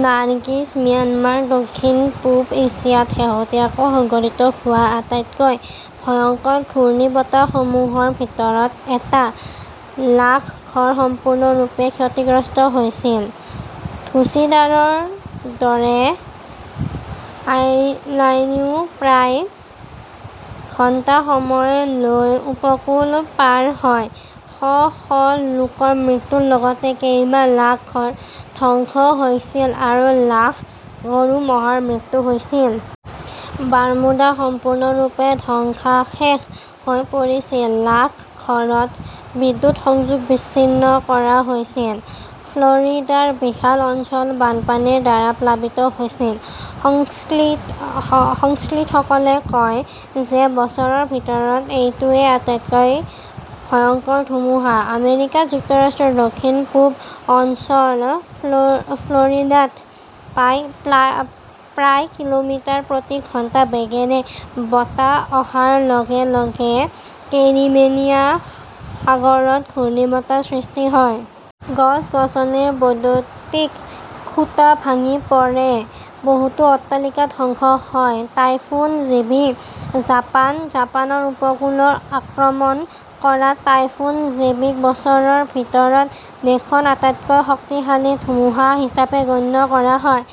নাৰ্গিছ, Myanmar দক্ষিণ-পূব এছিয়াত শেহতীয়াকৈ সংঘটিত হোৱা আটাইতকৈ ভয়ংকৰ ঘূৰ্ণীবতাহসমূহৰ ভিতৰত এটা। লাখ ঘৰ সম্পূৰ্ণৰূপে ক্ষতিগ্ৰস্ত হৈছিল। ধুচিডাৰৰ দৰে আইলাইও প্ৰায় ঘণ্টা সময় লৈ উপকূল পাৰ হয়। শ শ লোকৰ মৃত্যুৰ লগতে কেইবা লাখ ঘৰ ধ্বংস হৈছিল আৰু লাখ গৰু-ম'হৰ মৃত্যু হৈছিল। বাৰ্মুডা সম্পূৰ্ণৰূপে ধ্বংসাৱশেষ হৈ পৰিছিল। লাখ ঘৰত বিদ্যুৎ সংযোগ বিচ্ছিন্ন কৰা হৈছিল। ফ্ল'ৰিডাৰ বিশাল অঞ্চল বানপানীৰ দ্বাৰা প্লাবিত হৈছে। সংশ্লিষ্টসকলে কয় যে বছৰৰ ভিতৰত এইটোৱেই আটাইতকৈ ভয়ংকৰ ধুমুহা। আমেৰিকা যুক্তৰাষ্ট্ৰৰ দক্ষিণ-পূব ৰাজ্য ফ্ল'ৰিডাত প্ৰায় কিলোমিটাৰ প্ৰতি ঘণ্টা বেগেৰে বতাহ অহাৰ লগে লগে কেৰিবিয়ান সাগৰত ঘূৰ্ণীবতাহৰ সৃষ্টি হয়। গছ-গছনিৰ বৈদ্যুতিক খুঁটা ভাঙি পৰে, বহুতো অট্টালিকা ধ্বংস হয়। টাইফুন জেবি, জাপান জাপানৰ উপকূলত আক্ৰমণ কৰা টাইফুন জেবিক বছৰৰ ভিতৰত দেশখনৰ আটাইতকৈ শক্তিশালী ধুমুহা হিচাপে গণ্য কৰা হয়।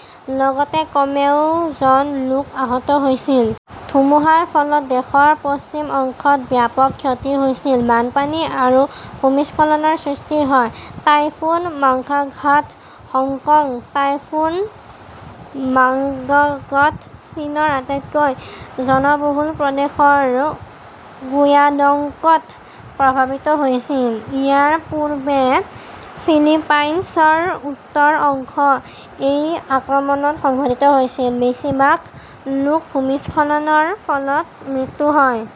লগতে কমেও জন লোক আহত হৈছিল। ধুমুহাৰ ফলত দেশৰ পশ্চিম অংশত ব্যাপক ক্ষতি হৈছিল। বানপানী আৰু ভূমিস্খলনৰ সৃষ্টি হয়। Typhoon Mangkhut, Hong Kong typhoon Mangkhut চীনৰ আটাইতকৈ জনবহুল প্ৰদেশ গুয়াংডংত প্ৰভাৱিত হৈছিল। ইয়াৰ পূৰ্বে ফিলিপাইনছৰ উত্তৰ অংশত এই আক্ৰমণ সংঘটিত হৈছিল। বেছিভাগ লোক ভূমিস্খলনৰ ফলত মৃত্যু হয়।